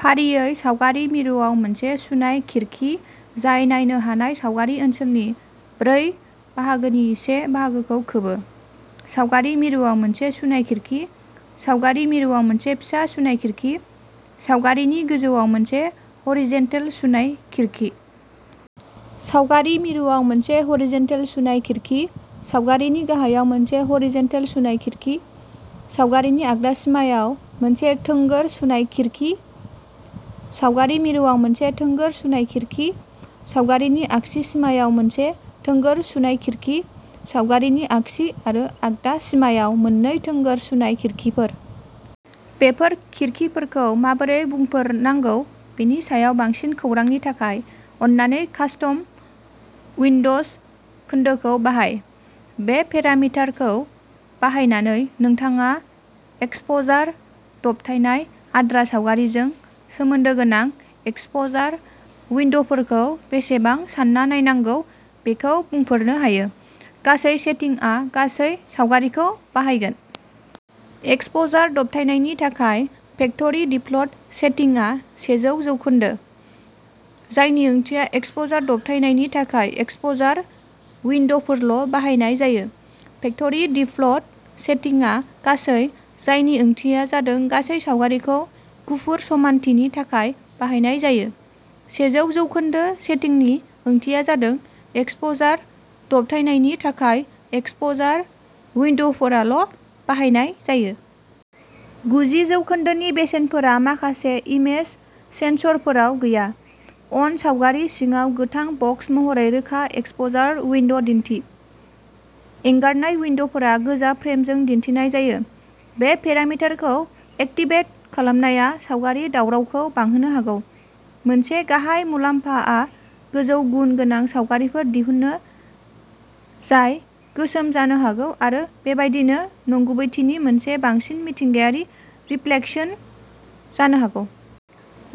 फारियै सावगारि मिरुआव मोनसे सुनाय खिरखि जाय नायनो हानाय सावगारि ओनसोलनि ब्रै बाहागोनि से बाहागोखौ खोबो। सावगारि मिरुआव मोनसे सुनाय खिरखि। सावगारि मिरुआव मोनसे फिसा सुनाय खिरखि। सावगारिनि गोजौआव मोनसे ह'रिजेन्टेल सुनाय खिरखि। सावगारि मिरुआव मोनसे ह'रिजेन्टेल सुनाय खिरखि। सावगारिनि गाहायाव मोनसे ह'रिजेन्टेल सुनाय खिरखि। सावगारिनि आगदा सिमायाव मोनसे थोंगोर सुनाय खिरखि। सावगारि मिरुआव मोनसे थोंगोर सुनाय खिरखि। सावगारिनि आगसि सिमायाव मोनसे थोंगोर सुनाय खिरखि। सावगारिनि आगसि आरो आगदा सिमायाव मोन्नै थोंगोर सुनाय खिरखिफोर। बेफोर खिरखिफोरखौ माबोरै बुंफोरनांगौ बेनि सायाव बांसिन खौरांनि थाखाय, अन्नानै कास्टम उइन्ड'ज खोन्दोखौ बाहाय। बे पेरामिटारखौ बाहायनानै, नोंथाङा एक्सप'जार दबथायनाय आद्रा सावगारिजों सोमोन्दो गोनां एक्सप'जार उइन्ड'फोरखौ बेसेबां सान्ना नायनांगौ बेखौ बुंफोरनो हायो। गासै सेटिंआ गासै सावगारिखौ बाहायगोन। एक्सप'जार दबथायनायनि थाखाय। फेक्ट'रि दिफल्ट सेटिंआ सेजौ जौखोनदो, जायनि ओंथिया एक्सप'जार दबथायनायनि थाखाय एक्सप'जार उइन्ड'फोराल' बाहायनाय जायो। फेक्ट'रि दिफल्ट सेटिंआ गासै, जायनि ओंथिया जादों गासै सावगारिखौ गुफुर समानथिनि थाखाय बाहायनाय जायो। सेजौ जौखोनदो सेटिंनि ओंथिया जादों एक्सप'जार दबथायनायनि थाखाय एक्सप'जार उइन्ड'फोराल' बाहायनाय जायो। गुजि जौखोनदोनि बेसेनफोरा माखासे इमेज सेन्स'रफोराव गैया। अन सावगारि सिङाव गोथां बक्स महरै रोखा एक्सप'जार उइन्ड' दिन्थि। एंगारनाय उइन्ड'फोरा गोजा फ्रेमजों दिन्थिनाय जायो। बे पेरामिटारखौ एक्टिभेट खालामनाया सावगारि दावरावखौ बांहोनो हागौ। मोनसे गाहाय मुलाम्फाआ गोजौ गुन गोनां सावगारिफोर दिहुनो, जाय गोसोम जानो हागौ आरो बेबायदिनो नंगुबैथिनि मोनसे बांसिन मिथिंगायारि रिफ्लेकसन जानो हागौ।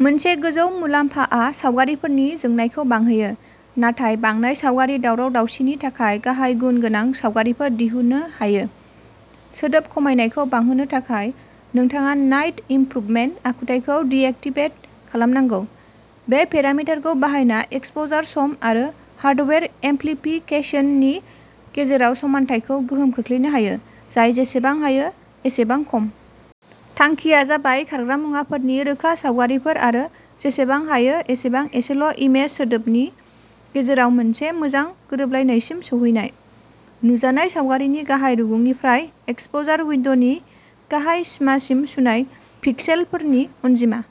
मोनसे गोजौ मुलाम्फाआ सावगारिफोरनि जोंनायखौ बांहोयो, नाथाय बांनाय सावगारि दावराव दावसिनि थाखाय गाहाय गुन गोनां सावगारिफोर दिहुनो हायो। सोदोब खमायनायखौ बांहोनो थाखाय, नोंथाङा नाइट इमप्रुभमेन्ट आखुथायखौ डिएक्टिभेट खालामनांगौ। बे पेरामिटारखौ बाहायना एक्सप'जार सम आरो हार्डवेर एम्प्लिफिकेशननि गेजेराव समानथायखौ गोहोम खोख्लैनो हायो, जाय जेसेबां हायो एसेबां खम। थांखिया जाबाय खारग्रा मुवाफोरनि रोखा सावगारिफोर आरो जेसेबां हायो एसेबां एसेल' इमेज सोदोबनि गेजेराव मोनसे मोजां गोरोबलायनायसिम सौहैनाय। नुजानाय सावगारिनि गाहाय रुगुंनिफ्राय एक्सप'जार उइन्ड'नि गाहाय सिमासिम सुनाय पिक्सेलफोरनि अनजिमा।